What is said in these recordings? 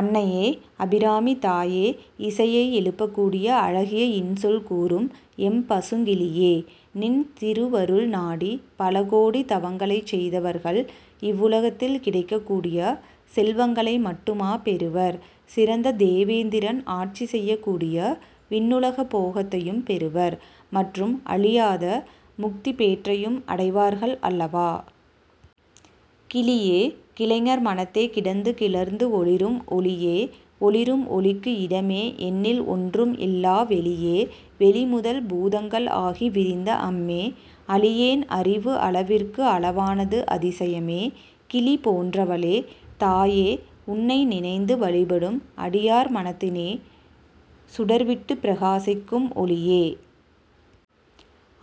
அன்னையே! அபிராமித் தாயே! இசையை எழுப்பக்கூடிய அழகிய இன்சொல் கூறும் எம் பசுங்கிளியே! நின் திருவருள் நாடிப் பலகோடி தவங்களைச் செய்தவர்கள் இவ்வுலகத்தில் கிடைக்கக் கூடிய செல்வங்களை மட்டுமா பெறுவர்? சிறந்த தேவேந்திரன் ஆட்சி செய்யக்கூடிய விண்ணுலக போகத்தையும் பெறுவர். மற்றும் அழியாத முக்திப் பேற்றையும் அடைவார்கள் அல்லவா! கிளியே கிளைஞர் மனத்தே கிடந்து கிளர்ந்து ஒளிரும் ஒளியே ஒளிரும் ஒளிக்கு இடமே எண்ணில் ஒன்றும் இல்லா வெளியே வெளி முதல் பூதங்கள் ஆகி விரிந்த அம்மே. அளியேன் அறிவு அளவிற்கு அளவானது அதிசயமே. கிளி போன்றவளே! தாயே! உன்னை நினைந்து வழிபடும் அடியார் மனத்தினிலே சுடர் விட்டுப் பிரகாசிக்கும் ஒளியே!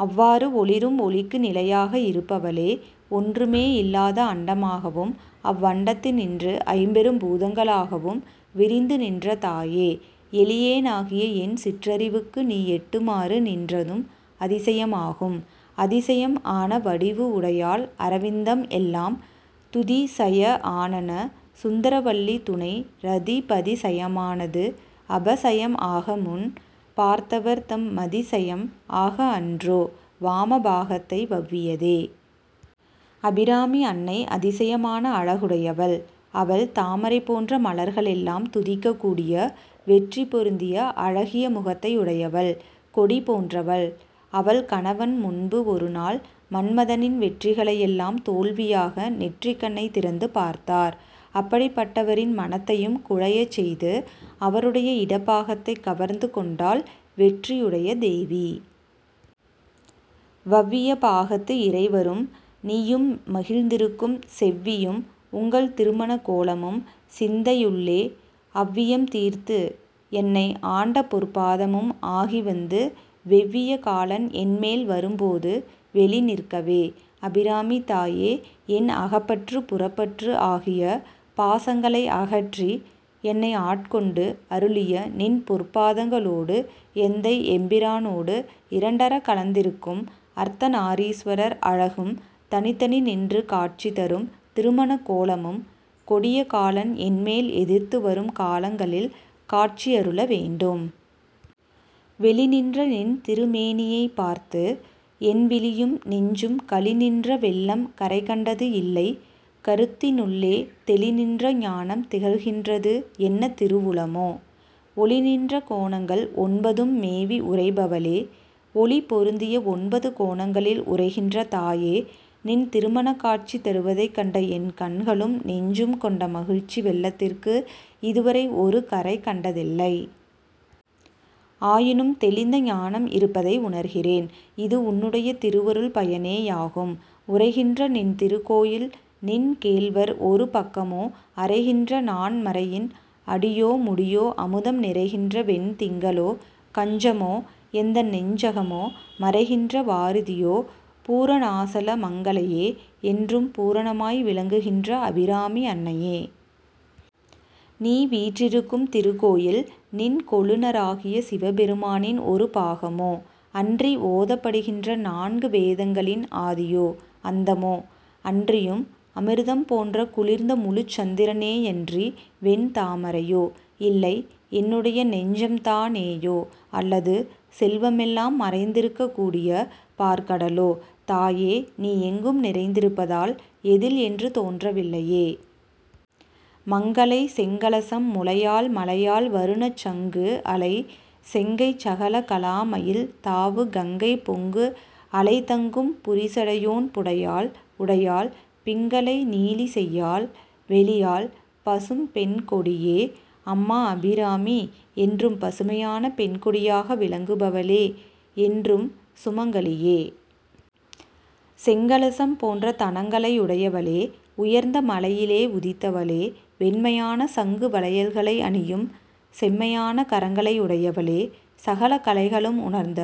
அவ்வாறு ஒளிரும் ஒளிக்கு நிலையாக இருப்பவளே! ஒன்றுமே இல்லாத அண்டமாகவும் அவ்வண்டத்தினின்று ஐம்பெரும் பூதங்களாகவும் விரிந்து நின்ற தாயே! எளியேனாகிய என் சிற்றறிவுக்கு நீ எட்டுமாறு நின்றதும் அதிசயமாகும்! அதிசயம் ஆன வடிவு உடையாள் அரவிந்தம் எல்லாம் துதி சய ஆனன சுந்தரவல்லி துணை இரதி பதி சயமானது அபசயம் ஆக முன் பார்த்தவர்தம் மதி சயம் ஆக அன்றோ வாம பாகத்தை வவ்வியதே? அபிராமி அன்னை அதிசயமான அழகுடையவள்! அவள் தாமரை போன்ற மலர்களெல்லாம் துதிக்கக் கூடிய வெற்றி பொருந்திய அழகிய முகத்தையுடையவள் கொடி போன்றவள் அவள் கணவன் முன்பு ஒருநாள் மன்மதனின் வெற்றிகளையெல்லாம் தோல்வியாக நெற்றிக் கண்ணைத் திறந்து பார்த்தார். அப்படிப்பட்டவரின் மனத்தையும் குழையச் செய்து அவருடைய இடப் பாகத்தைக் கவர்ந்து கொண்டாள், வெற்றியுடைய தேவி. வவ்விய பாகத்து இறைவரும் நீயும் மகிழ்ந்திருக்கும் செவ்வியும் உங்கள் திருமணக் கோலமும் சிந்தையுள்ளே அவ்வியம் தீர்த்து என்னை ஆண்டபொற் பாதமும் ஆகிவந்து வெவ்விய காலன் என்மேல் வரும்போது வெளி நிற்கவே. அபிராமித் தாயே! என் அகப்பற்று புறப்பற்று ஆகிய பாசங்களை அகற்றி என்னை ஆட்கொண்டு அருளிய நின் பொற்பாதங்களோடு எந்தை எம்பிரானோடு இரண்டறக் கலந்திருக்கும் அர்த்த நாரீஸ்வரர் அழகும் தனித்தனி நின்று காட்சி தரும் திருமணக்கோலமும் கொடிய காலன் என்மேல் எதிர்த்து வரும் காலங்களில் காட்சியருள வேண்டும். வெளிநின்ற நின்திருமேனியைப் பார்த்து என் விழியும் நெஞ்சும் களிநின்ற வெள்ளம் கரைகண்டது இல்லை கருத்தினுள்ளே தெளிநின்ற ஞானம் திகழ்கின்றது என்ன திருவுளமோ? ஒளிநின்ற கோணங்கள் ஒன்பதும் மேவி உறைபவளே. ஒளி பொருந்திய ஒன்பது கோணங்களில் உறைகின்ற தாயே! நின் திருமணக் காட்சி தருவதைக் கண்ட என் கண்களும் நெஞ்சும் கொண்ட மகிழ்ச்சி வெள்ளத்திற்கு இதுவரை ஒரு கரை கண்டதில்லை. ஆயினும் தெளிந்த ஞானம் இருப்பதை உணர்கிறேன். இது உன்னுடைய திருவருள் பயனேயாகும். உறைகின்ற நின் திருக்கோயில்-நின் கேள்வர் ஒரு பக்கமோ அறைகின்ற நான் மறையின் அடியோ முடியோ அமுதம் நிறைகின்ற வெண் திங்களோ கஞ்சமோ எந்தன் நெஞ்சகமோ மறைகின்ற வாரிதியோ? பூரணாசல மங்கலையே. என்றும் பூரணமாய் விளங்குகின்ற அபிராமி அன்னையே! நீ வீற்றிருக்கும் திருக்கோயில் நின் கொழுநராகிய சிவபெருமானின் ஒரு பாகமோ? அன்றி ஓதப்படுகின்ற நான்கு வேதங்களின் ஆதியோ? அந்தமோ? அன்றியும் அமிர்தம் போன்ற குளிர்ந்த முழுச்சந்திரனேயன்றி வெண் தாமரையோ? இல்லை என்னுடைய நெஞ்சம்தானேயோ அல்லது செல்வமெல்லாம் மறைந்திருகக் கூடிய பாற் கடலோ? தாயே! நீ எங்கும் நிறைந்திருப்பதால் எதில் என்று தோன்றவில்லையே! மங்கலை செங்கலசம் முலையாள் மலையாள் வருணச் சங்கு அலை செங்கைச் சகல கலாமயில் தாவு கங்கை பொங்கு அலை தங்கும் புரிசடையோன் புடையாள் உடையாள் பிங்கலை நீலி செய்யாள் வெளியாள் பசும் பெண்கொடியே. அம்மா அபிராமி! என்றும் பசுமையான பெண் கொடியாக விளங்குபவளே! என்றும் சுமங்கலியே! செங்கலசம் போன்ற தனங்களையுடையவளே! உயர்ந்த மலையிலே உதித்தவளே! வெண்மையான சங்கு வளையல்களை அணியும் செம்மையான கரங்களையுடையவளே! சகல கலைகளும் உணர்ந்த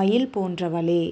மயில் போன்றவளே!